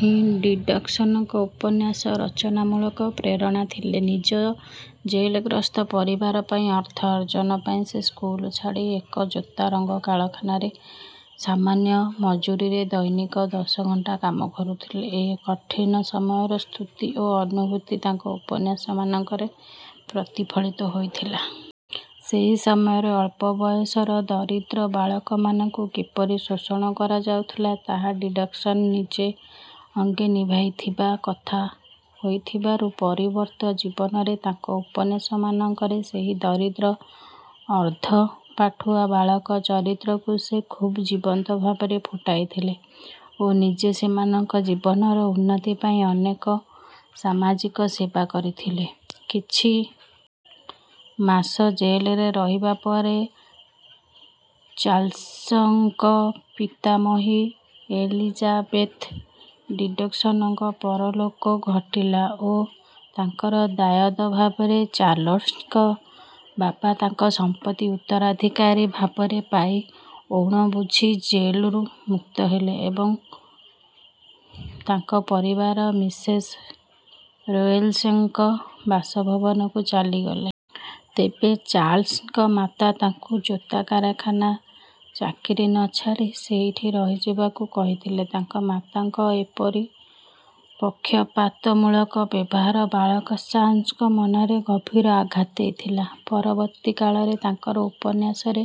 ହିଁ ଡିକେନ୍ସଙ୍କ ଉପନ୍ୟାସ ରଚନା ମୂଳର ପ୍ରେରଣା ଥିଲେ। ନିଜ ଜେଲଗ୍ରସ୍ତ ପରିବାର ପାଇଁ ଅର୍ଥ ଅର୍ଜନ ପାଇଁ ସେ ସ୍କୁଲ ଛାଡ଼ି ଏକ ଜୋତା ରଙ୍ଗ କାରଖାନାରେ ସାମାନ୍ୟ ମଜୁରିରେ ଦୈନିକ ଦଶ ଘଣ୍ଟା କାମ କରୁଥିଲେ। ଏହି କଠିନ ସମୟର ସ୍ମୃତି ଓ ଅନୁଭୂତି ତାଙ୍କ ଉପନ୍ୟାସମାନଙ୍କରେ ପ୍ରତିଫଳିତ ହୋଇଥିଲା। ସେହି ସମୟରେ ଅଳ୍ପ ବୟସର ଦରିଦ୍ର ବାଳକମାନଙ୍କୁ କିପରି ଶୋଷଣ କରାଯାଉଥିଲା, ତାହା ଡିକେନ୍ସ ନିଜେ ଅଙ୍ଗେ ନିଭାଇଥିବା କଥା ହୋଇଥିବାରୁ, ପରବର୍ତ୍ତୀ ଜୀବନରେ ତାଙ୍କ ଉପନ୍ୟାସମାନଙ୍କରେ ସେହି ଦରିଦ୍ର, ଅର୍ଦ୍ଧ-ପାଠୁଆ ବାଳକ ଚରିତ୍ରକୁ ସେ ଖୁବ୍ ଜୀବନ୍ତ ଭାବରେ ଫୁଟାଇଥିଲେ ଓ ନିଜେ ସେମାନଙ୍କ ଜୀବନର ଉନ୍ନତି ପାଇଁ ଅନେକ ସାମାଜିକ ସେବା କରିଥିଲେ। କିଛି ମାସ ଜେଲରେ ରହିବା ପରେ ଚାର୍ଲ୍ସଙ୍କ ପିତାମହୀ ଏଲିଜାବେଥ ଡିକେନ୍ସଙ୍କ ପରଲୋକ ଘଟିଲା ଓ ତାଙ୍କର ଦାୟାଦ ଭାବରେ ଚାର୍ଲ୍ସଙ୍କ ବାପା ତାଙ୍କ ସମ୍ପତ୍ତି ଉତ୍ତରାଧିକାରୀ ଭାବରେ ପାଇ ଔଣ ଶୁଝି ଜେଲରୁ ମୁକ୍ତ ହେଲେ ଏବଂ ତାଙ୍କ ପରିବାର ମିସେସ ରୋଏଲେନ୍ସଙ୍କ ବାସଭବନକୁ ଚାଲିଗଲେ। ତେବେ ଚାର୍ଲ୍ସଙ୍କ ମାତା ତାଙ୍କୁ ଜୋତା କାରଖାନା ଚାକିରି ନ ଛାଡ଼ି ସେଇଠି ରହିଯିବାକୁ କହିଥିଲେ। ତାଙ୍କ ମାତାଙ୍କ ଏପରି ପକ୍ଷପାତମୂଳକ ବ୍ୟବହାର ବାଳକ ଚାର୍ଲ୍ସଙ୍କ ମନରେ ଗଭୀର ଆଘାତ ଦେଇଥିଲା। ପରବର୍ତ୍ତୀ କାଳରେ ତାଙ୍କର ଉପନ୍ୟାସରେ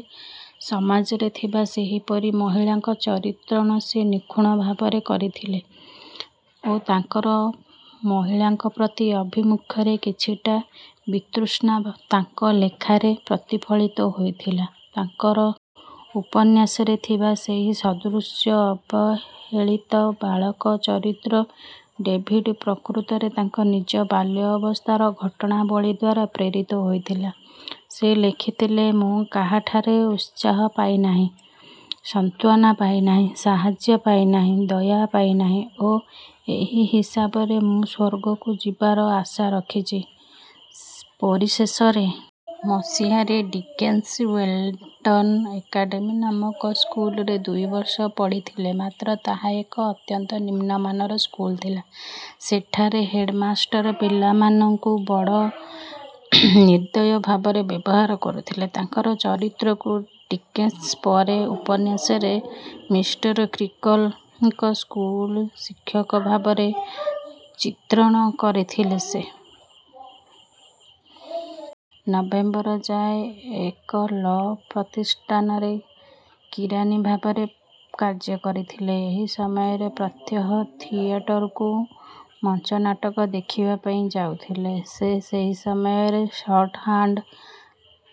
ସମାଜରେ ଥିବା ସେହିପରି ମହିଳାଙ୍କ ଚିତ୍ରଣ ସେ ନିଖୁଣ ଭାବରେ କରିଥିଲେ ଓ ତାଙ୍କର ମହିଳାଙ୍କ ପ୍ରତି ଆଭିମୁଖ୍ୟରେ କିଛିଟା ବିତୃଷ୍ଣା ତାଙ୍କ ଲେଖାରେ ପ୍ରତିଫଳିତ ହୋଇଥିଲା। ତାଙ୍କର ଉପନ୍ୟାସରେ ଥିବା ସେହି ସଦୃଶ ଅବହେଳିତ ବାଳକ ଚରିତ୍ର ଡେଭିଡ୍ ପ୍ରକୃତରେ ତାଙ୍କ ନିଜ ବାଲ୍ୟାବସ୍ଥାର ଘଟଣାବଳୀ ଦ୍ୱାରା ପ୍ରେରିତ ହୋଇଥିଲା। ସେ ଲେଖିଥିଲେ, ମୁଁ କାହାଠାରୁ ଉତ୍ସାହ ପାଇ ନାହିଁ, ସାନ୍ତ୍ୱନା ପାଇ ନାହିଁ, ସାହାଯ୍ୟ ପାଇ ନାହିଁ, ଦୟା ପାଇ ନାହିଁ, ଓ ଏହି ହିସାବରେ ମୁଁ ସ୍ୱର୍ଗକୁ ଯିବାର ଆଶା ରଖିଛି। ପରିଶେଷରେ ମସିହାରେ ଡିକେନ୍ସ ୱେଲିଂଟନ୍ ଏକାଡେମୀ ନାମକ ସ୍କୁଲରେ ଦୁଇ ବର୍ଷ ପଢ଼ିଥିଲେ। ମାତ୍ର ତାହା ଏକ ଅତ୍ୟନ୍ତ ନିମ୍ନ ମାନର ସ୍କୁଲ ଥିଲା। ସେଠାରେ ହେଡମାଷ୍ଟର ପିଲାମାନଙ୍କୁ ବଡ଼ ନିର୍ଦ୍ଦୟ ଭାବରେ ବ୍ୟବହାର କରୁଥିଲେ। ତାଙ୍କ ଚରିତ୍ରକୁ ଡିକେନ୍ସ ପରେ ଉପନ୍ୟାସରେ ମିଷ୍ଟର କ୍ରୀକିଲଙ୍କ ସ୍କୁଲ ଶିକ୍ଷକ ଭାବରେ ଚିତ୍ରଣ କରିଥିଲେ। ସେ ନଭେମ୍ବର ଯାଏ ଏକ ଲ ପ୍ରତିଷ୍ଠାନରେ କିରାଣୀ ଭାବରେ କାର୍ଯ୍ୟ କରିଥିଲେ। ସେହି ସମୟରେ ପ୍ରତ୍ୟହ ଥିଏଟରକୁ ମଞ୍ଚନାଟକ ଦେଖିବାକୁ ଯାଉଥିଲେ। ସେ ସେହି ସମୟରେ ଶର୍ଟ ହାଣ୍ଡ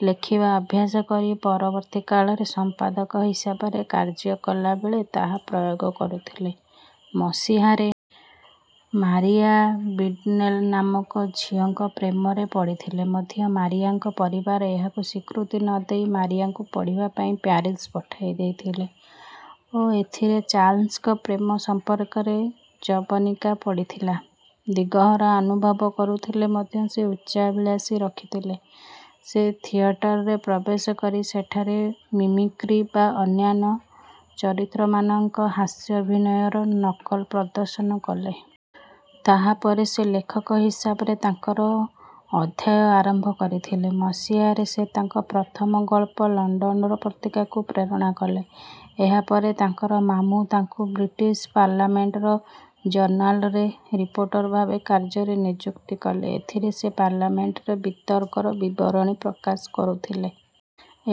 ଲେଖିବା ଅଭ୍ୟାସ କରି ପରବର୍ତ୍ତୀ କାଳରେ ସମ୍ପାଦକ ହିସାବରେ କାର୍ଯ୍ୟ କଲା ବେଳେ ତାହାର ପ୍ରୟୋଗ କରିଥିଲେ। ମସିହାରେ ମାରିଆ ବିଡନେଲ ନାମକ ଝିଅଙ୍କ ପ୍ରେମରେ ପଡ଼ିଥିଲେ ମଧ୍ୟ ମାରିଆଙ୍କ ପରିବାର ଏହାକୁ ସ୍ୱୀକୃତି ନ ଦେଇ ମାରିଆଙ୍କୁ ପଢ଼ିବା ପାଇଁ ପ୍ୟାରିସ୍ ପଠାଇ ଦେଇଥିଲେ ଓ ଏଥିରେ ଚାର୍ଲ୍ସଙ୍କ ପ୍ରେମ ସମ୍ପର୍କରେ ଜବନିକା ପଡ଼ିଥିଲା। ଦିଗହରା ଅନୁଭବ କରୁଥିଲେ ମଧ୍ୟ ସେ ଉଚ୍ଚାଭିଳାଷ ରଖିଥିଲେ। ସେ ଥିଏଟରରେ ପ୍ରବେଶ କରି ସେଠାରେ ମିମିକ୍ରି ବା ଅନ୍ୟାନ୍ୟ ଚରିତ୍ରମାନଙ୍କ ହାସ୍ୟାଭିନୟର ନକଲ ପ୍ରଦର୍ଶନ କଲେ। ତାହା ପରେ ସେ ଲେଖକ ହିସାବରେ ତାଙ୍କର ଅଧ୍ୟାୟ ଆରମ୍ଭ କରିଥିଲେ। ମସିହାରେ ସେ ତାଙ୍କର ପ୍ରଥମ ଗଳ୍ପ ଲଣ୍ଡନର ପତ୍ରିକାକୁ ପ୍ରେରଣ କଲେ। ଏହା ପରେ ତାଙ୍କର ମାମୁ ତାଙ୍କୁ ବ୍ରିଟିଶ ପାର୍ଲାମେଣ୍ଟର ଜର୍ନାଲରେ ରିପୋର୍ଟର ଭାବରେ କାର୍ଯ୍ୟରେ ନିଯୁକ୍ତ କଲେ। ଏଥିରେ ସେ ପାର୍ଲାମେଣ୍ଟର ବିତର୍କର ବିବରଣୀ ପ୍ରକାଶ କରୁଥିଲେ।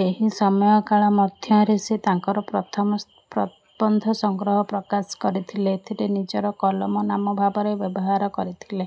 ଏହି ସମୟକାଳ ମଧ୍ୟରେ ସେ ତାଙ୍କର ପ୍ରଥମ ପ୍ରବନ୍ଧ ସଂଗ୍ରହ ପ୍ରକାଶ କରିଥିଲେ। ଏଥିରେ ନିଜ କଲମ ନାମ ଭାବରେ ବ୍ୟବହାର କରିଥିଲେ।